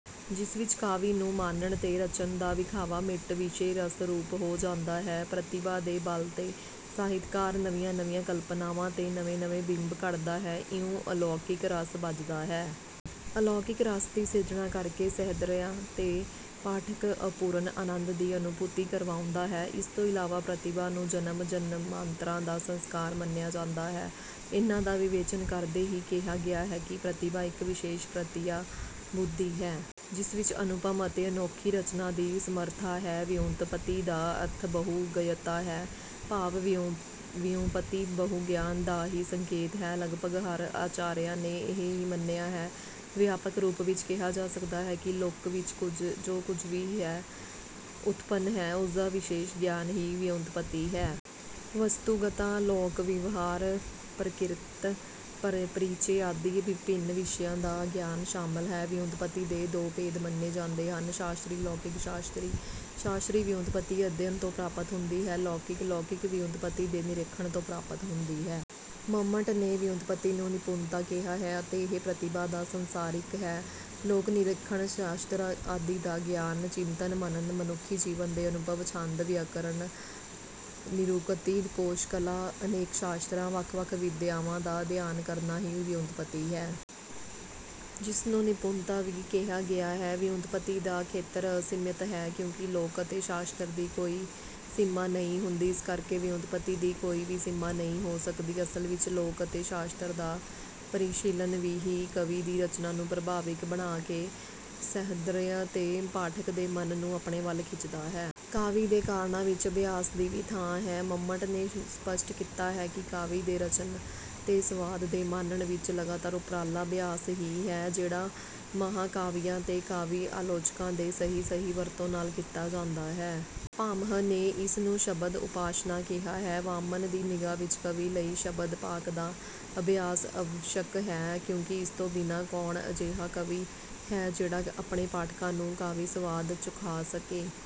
ਜਿਸ ਵਿੱਚ ਕਾਵਿ ਨੂੰ ਮਾਨਣ ਤੇ ਰਚਨ ਦਾ ਵਿਖਾਵਾ ਮਿਟ ਵਿਸ਼ੈ ਰਸ ਰੂਪ ਹੋ ਜਾਂਦਾ ਹੈ। ਪ੍ਰਤਿਭਾ ਦੇ ਬਲ ਤੇ ਸਾਹਿਤਕਾਰ ਨਵੀਆਂ ਨਵੀਆਂ ਕਲਪਨਾਵਾਂ ਤੇ ਨਵੇਂ-ਨਵੇਂ ਬਿੰਬ ਘੜਦਾ ਹੈ। ਇਉਂ ਅਲੌਕਿਕ ਰਸ ਬੱਝਦਾ ਹੈ। ਅਲੌਕਿਕ ਰਸ ਦੀ ਸਿਰਜਣਾ ਕਰਕੇ ਸਹ੍ਰਿਦਯ ਤੇ ਪਾਠਕ ਅਪੂਰਨ ਅਨੰਦ ਦੀ ਅਨੁਭੂਤੀ ਕਰਵਾਉਂਦਾ ਹੈ। ਇਸ ਤੋਂ ਇਲਾਵਾ ਪ੍ਰਤਿਭਾ ਨੂੰ ਜਨਮ ਜਨਮਾਂਤਰਾਂ ਦਾ ਸੰਸਕਾਰ ਮੰਨਿਆ ਜਾਂਦਾ ਹੈ। ਇਹਨਾਂ ਦਾ ਵਿਵੇਚਨ ਕਰਦੇ ਹੀ ਕਿਹਾ ਗਿਆ ਹੈ ਕਿ ਪ੍ਰਤਿਭਾ ਇੱਕ ਵਿਸ਼ੇਸ਼ ਪ੍ਰਤਿਆ ਬੁੱਧੀ ਹੈ। ਜਿਸ ਵਿੱਚ ਅਨੁਪਮ ਅਤੇ ਅਨੋਖੀ ਰਚਨਾ ਦੀ ਸਮਰੱਥਾ ਹੈ। ਵਿਉਂਤਪਤੀ ਦਾ ਅਰਥ ਬਹੁ-ਗਯਤਾ ਹੈ। ਭਾਵ ਵਿਉਂਪਤੀ ਬਹੁ-ਗਿਆਨ ਦਾ ਹੀ ਸੰਕੇਤ ਹੈ। ਲਗਭਗ ਹਰ ਆਚਾਰੀਆਂ ਨੇ ਇਹ ਹੀ ਮੰਨਿਆ ਹੈ। ਵਿਆਪਕ ਰੂਪ ਵਿੱਚ ਕਿਹਾ ਜਾ ਸਕਦਾ ਹੈ ਕਿ ਲੋਕ ਵਿੱਚ ਜੋ ਕੁੱਝ ਹੀ ਉਤਪਨ ਹੈ, ਉਸਦਾ ਵਿਸ਼ੇਸ਼ ਗਿਆਨ ਹੀ ਵਿਉਂਤਪਤੀ ਹੈ। ਵਸਤੂਗਤਾ, ਲੋਕ ਵਿਵਹਾਰ, ਪ੍ਰਕ੍ਰਿਤ ਪਰਿਚੈ ਆਦਿ ਵਿਭਿੰਨ ਵਿਸ਼ਿਆਂ ਦਾ ਗਿਆਨ ਸ਼ਾਮਲ ਹੈ। ਵਿਉਂਤਪਤੀ ਦੇ ਦੋ ਭੇਦ ਮੰਨੇ ਜਾਂਦੇ ਹਨ। ਸ਼ਾਸਤਰੀ ਲੌਕਿਕ ਸ਼ਾਸਤਰੀ: ਸ਼ਾਸਤਰੀ ਵਿਉਂਤਪਤੀ ਅਧਿਐਨ ਤੋਂ ਪ੍ਰਾਪਤ ਹੁੰਦੀ ਹੈ। ਲੌਕਿਕ: ਲੌਕਿਕ ਵਿਉਂਤਪਤੀ ਦੇ ਨਿਰੀਖਣ ਤੋਂ ਪ੍ਰਾਪਤ ਹੁੰਦੀ ਹੈ। ਮੰਮਟ ਨੇ ਵਿਉਂਤਪਤੀ ਨੂੰ ਨਿਪੁਨਤਾ ਕਿਹਾ ਹੈ ਅਤੇ ਇਹ ਪ੍ਰਤਿਭਾ ਦਾ ਸੰਸਾਰਿਕ ਹੈ। ਲੋਕ ਨਿਰੀਖਣ, ਸ਼ਾਸਤਰ ਆਦਿ ਦਾ ਗਿਆਨ, ਚਿੰਤਨ, ਮਨਨ, ਮਨੁੱਖੀ ਜੀਵਨ ਦੇ ਅਨੁਭਵ, ਛੰਦ, ਵਿਅਕਰਨ, ਨਿਰੁਕਤੀ, ਕੋਸ਼ ਕਲਾ ਅਨੇਕ ਸ਼ਾਸਤਰਾਂ, ਵੱਖ-ਵੱਖ ਵਿਦਿਆਵਾਂ ਦਾ ਅਧਿਐਨ ਕਰਨਾ ਹੀ ਵਿਉਂਤਪਤੀ ਹੈ। ਜਿਸ ਨੂੰ ਨਿਪੁੰਨਤਾ ਵੀ ਕਿਹਾ ਗਿਆ ਹੈ। ਵਿਉਂਤਪਤੀ ਦਾ ਖੇਤਰ ਅਸੀਮਤ ਹੈ, ਕਿਉਂਕਿ ਲੋਕ ਅਤੇ ਸ਼ਾਸਤਰ ਦੀ ਕੋਈ ਸੀਮਾ ਨਹੀਂ ਹੁੰਦੀ। ਇਸ ਕਰਕੇ ਵਿਉਂਤਪਤੀ ਦੀ ਕੋਈ ਵੀ ਸੀਮਾ ਨਹੀਂ ਹੋ ਸਕਦੀ। ਅਸਲ ਵਿੱਚ ਲੋਕ ਅਤੇ ਸ਼ਾਸਤਰ ਦਾ ਪਰਿਸ਼ੀਲਨ ਹੀ ਕਵੀ ਦੀ ਰਚਨਾ ਨੂੰ ਪ੍ਰਭਾਵਿਕ ਬਣਾ ਕੇ ਸਹ੍ਰਿਦਯ ਤੇ ਪਾਠਕ ਦੇ ਮਨ ਨੂੰ ਆਪਣੇ ਵੱਲ ਖਿੱਚਦਾ ਹੈ। ਕਾਵਿ ਦੇ ਕਾਰਣਾਂ ਵਿੱਚ ਅਭਿਆਸ ਦੀ ਵੀ ਥਾਂ ਹੈ। ਮੰਮਟ ਨੇ ਸਪੱਸ਼ਟ ਕੀਤਾ ਹੈ ਕਿ ਕਾਵਿ ਦੇ ਰਚਨ ਤੇ ਸਵਾਦ ਦੇ ਮਾਣਨ ਵਿੱਚ ਲਗਾਤਾਰ ਉਪਰਾਲਾ ਅਭਿਆਸ ਹੀ ਹੈ। ਜਿਹੜਾ ਮਹਾਂ ਕਵੀਆਂ ਤੇ ਕਾਵਿ ਆਲੋਚਕਾਂ ਦੇ ਸਹੀ-ਸਹੀ ਵਰਤੋਂ ਨਾਲ ਕੀਤਾ ਜਾਂਦਾ ਹੈ। ਭਾਮਹ ਨੇ ਇਸ ਨੂੰ ਸ਼ਬਦ ਉਪਾਸ਼ਨਾ ਕਿਹਾ ਹੈ। ਵਾਮਨ ਦੀ ਨਿਗ੍ਹਾ ਵਿੱਚ ਕਵੀ ਲਈ ਸ਼ਬਦ ਪਾਕ ਦਾ ਅਭਿਆਸ ਅਵੱਸ਼ਕ ਹੈ। ਕਿਉਂਕਿ ਇਸ ਤੋਂ ਬਿਨਾਂ ਕੌਣ ਅਜਿਹਾ ਕਵੀ ਹੈ, ਜਿਹੜਾ ਆਪਣੇ ਪਾਠਕਾਂ ਨੂੰ 'ਕਾਵਿ ਸਵਾਦ ਚੁਖਾ ਸਕੇ।